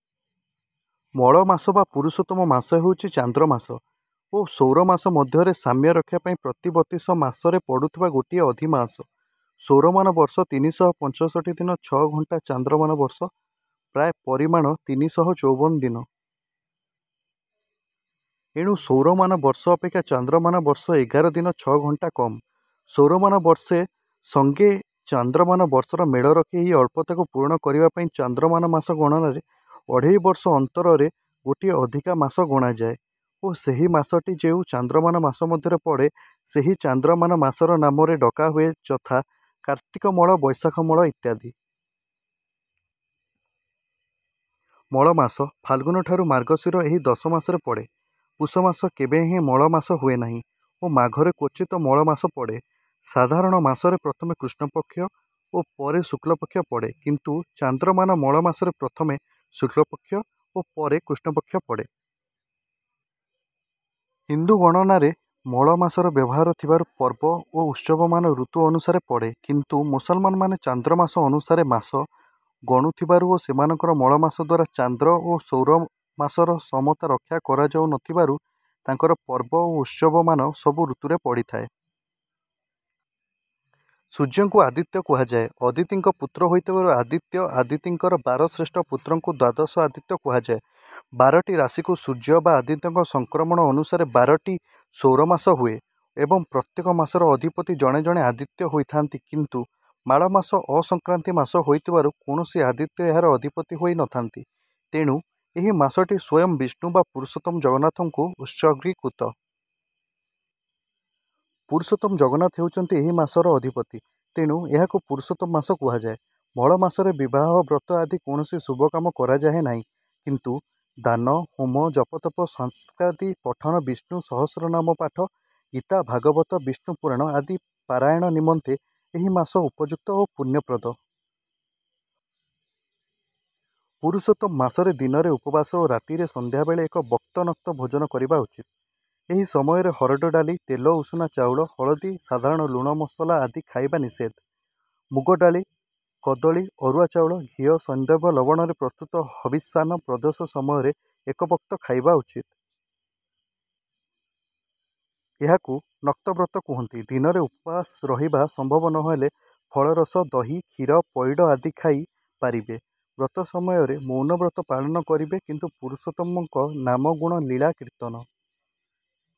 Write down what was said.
ମଳ ମାସ ବା ପୁରୁଷୋତ୍ତମ ମାସ ହେଉଛି ଚାନ୍ଦ୍ରମାସ ଓ ସୌରମାସ ମଧ୍ୟରେ ସାମ୍ୟ ରକ୍ଷା ପାଇଁ ପ୍ରତି ବତିଶ ମାସରେ ପଡୁଥିବା ଗୋଟିଏ ଅଧିମାସ। ସୌରମାନ ବର୍ଷ ତିନି ଶହ ପଞ୍ଚଷଠି ଦିନ ଛଅ ଘଣ୍ଟା ଚାନ୍ଦ୍ରମାନ ବର୍ଷ ପ୍ରାୟ ପରିମାଣ ତିନି ଶହ ଚଉବନ ଦିନ। ଏଣୁ ସୌରମାନ ବର୍ଷ ଅପେକ୍ଷା ଚାନ୍ଦ୍ରମାନ ବର୍ଷ ଏଗାର ଦିନ ଛଅ ଘଣ୍ଟା କମ। ସୌରମାନ ବର୍ଷେ ସଙ୍ଗେ ଚାନ୍ଦ୍ରମାନ ବର୍ଷର ମେଳ ରଖି ଏହି ଅଳ୍ପତାକୁ ପୂରଣ କରିବାପାଇଁ ଚାନ୍ଦ୍ରମାନ ମାସ ଗଣନାରେ ଅଢ଼େଇ ବର୍ଷ ଅନ୍ତରରେ ଗୋଟିଏ ଅଧିକା ମାସ ଗଣାଯାଏ ଓ ସେହି ମାସଟି ଯେଉଁ ଚାନ୍ଦ୍ରମାନ ମାସ ମଧ୍ୟରେ ପଡ଼େ ସେହି ଚାନ୍ଦ୍ରମାନ ମାସର ନାମରେ ଡକାହୁଏ ଯଥା କାର୍ତ୍ତିକମଳ ବୈଶାଖମଳ ଇତ୍ୟାଦି। ମଳମାସ ଫାଲଗୁନଠାରୁ ମାର୍ଗଶୀର ଏହି ଦଶ ମାସରେ ପଡ଼େ। ପୁଷମାସ କେବେହେଁ ମଳମାସ ହୁଏନାହିଁ ଓ ମାଘରେ କ୍ୱଚିତ ମଳମାସ ପଡ଼େ। ସାଧାରଣ ମାସରେ ପ୍ରଥମେ କୃଷ୍ଣପକ୍ଷ ଓ ପରେ ଶୁକ୍ଳପକ୍ଷ ପଡ଼େ କିନ୍ତୁ ଚାନ୍ଦ୍ରମାନ ମଳ ମାସରେ ପ୍ରଥମେ ଶୁକ୍ଳପକ୍ଷ ଓ ପରେ କୃଷ୍ଣପକ୍ଷ ପଡ଼େ। ହିନ୍ଦୁ ଗଣନାରେ ମଳମାସର ବ୍ୟବହାର ଥିବାରୁ ପର୍ବ ଓ ଉତ୍ସବମାନ ଋତୁ ଅନୁସାରେ ପଡ଼େ କିନ୍ତୁ ମୁସଲମାନମାନେ ଚାନ୍ଦ୍ରମାସ ଅନୁସାରେ ମାସ ଗଣୁଥିବାରୁ ଓ ସେମାନଙ୍କର ମଳମାସଦ୍ୱାରା ଚାନ୍ଦ୍ର ଓ ସୌର ମାସର ସମତା ରକ୍ଷା କରାଯାଉ ନ ଥିବାରୁ ତାଙ୍କର ପର୍ବ ଓ ଉତ୍ସବମାନ ସବୁ ଋତୁରେ ପଡ଼ିଥାଏ। ସୂର୍ଯ୍ୟଙ୍କୁ ଆଦିତ୍ୟ କୁହାଯାଏ। ଅଦିତିଙ୍କ ପୂତ୍ର ହୋଇଥିବାରୁ ଆଦିତ୍ୟ ଅଦିତିଙ୍କର ବାର ଶ୍ରେଷ୍ଠ ପୂତ୍ରଙ୍କୁ ଦ୍ୱାଦଶ ଆଦିତ୍ୟ କୁହାଯାଏ। ବାରଟି ରାଶିକୁ ସୂର୍ଯ୍ୟ ବା ଆଦିତ୍ୟଙ୍କ ସଂକ୍ରମଣ ଅନୁସାରେ ବାରଟି ସୌର ମାସ ହୁଏ ଏବଂ ପ୍ରତ୍ୟେକ ମାସର ଅଧିପତି ଜଣେ ଜଣେ ଆଦିତ୍ୟ ହୋଇଥାନ୍ତି କିନ୍ତୁ ମାଳ ମାସ ଅସଂକ୍ରାନ୍ତି ମାସ ହୋଇଥିବାରୁ କୌଣସି ଆଦିତ୍ୟ ଏହାର ଅଧିପତି ହୋଇ ନଥାନ୍ତି ତେଣୁ ଏହି ମାସଟି ସ୍ୱୟଂ ବିଷ୍ଣୁ ବା ପୁରୁଷୋତ୍ତମ ଜଗନ୍ନାଥଙ୍କୁ ଉତ୍ସର୍ଗୀକୃତ। ପୁରୁଷୋତ୍ତମ ଜଗନ୍ନାଥ ହେଉଛନ୍ତି ଏହି ମାସର ଅଧିପତି ତେଣୁ ଏହାକୁ ପୁରୁଷୋତ୍ତମ ମାସ କୁହାଯାଏ। ମଳ ମାସରେ ବିବାହ ବ୍ରତ ଆଦି କୌଣସି ଶୁଭକାମ କରାଯାଏ ନାହିଁ କିନ୍ତୁ ଦାନ ହୋମ ଜପତପ ଶାସ୍ତ୍ରାଦି ପଠନ ବିଷ୍ଣୁ ସହସ୍ରନାମ ପାଠ ଗୀତା ଭାଗବତ ବିଷ୍ଣୁ ପୁରାଣ ଆଦି ପାରାୟଣ ନିମନ୍ତେ ଏହି ମାସ ଉପଯୁକ୍ତ ଓ ପୂଣ୍ୟପ୍ରଦ। ପୁରୁଷୋତ୍ତମ ମାସରେ ଦିନରେ ଉପବାସ ଓ ରାତିରେ ସନ୍ଧ୍ୟାବେଳେ ଏକ ବକ୍ତ ନକ୍ତ ଭୋଜନ କରିବା ଉଚିତ। ଏହି ସମୟରେ ହରଡ଼ ଡାଲି ତେଲ ଉଷୁନା ଚାଉଳ ହଳଦୀ ସାଧାରଣ ଲୁଣ ମସଲା ଆଦି ଖାଇବା ନିଷେଦ୍ଧ। ମୁଗ ଡାଲି କଦଳି ଅରୁଆ ଚାଉଳ ଘିଅ ସନ୍ଧୈବ ଲବଣରେ ପ୍ରସ୍ତୁତ ହବିଷାନ୍ନ ପ୍ରଦୋଷ ସମୟରେ ଏକ ବକ୍ତ ଖାଇବା ଉଚିତ। ଏହାକୁ ନକ୍ତବ୍ରତ କୁହନ୍ତି। ଦିନରେ ଉପବାସ ରହିବା ସମ୍ଭବ ନହେଲେ ଫଳରସ ଦହି କ୍ଷୀର ପଇଡ଼ ଆଦି ଖାଇ ପାରିବେ। ବ୍ରତ ସମୟରେ ମୌନ ବ୍ରତ ପାଳନ କରିବେ। କିନ୍ତୁ ପୁରୁଷୋତ୍ତମଙ୍କ ନାମ ଗୁଣ ଲୀଳା କୀର୍ତ୍ତନ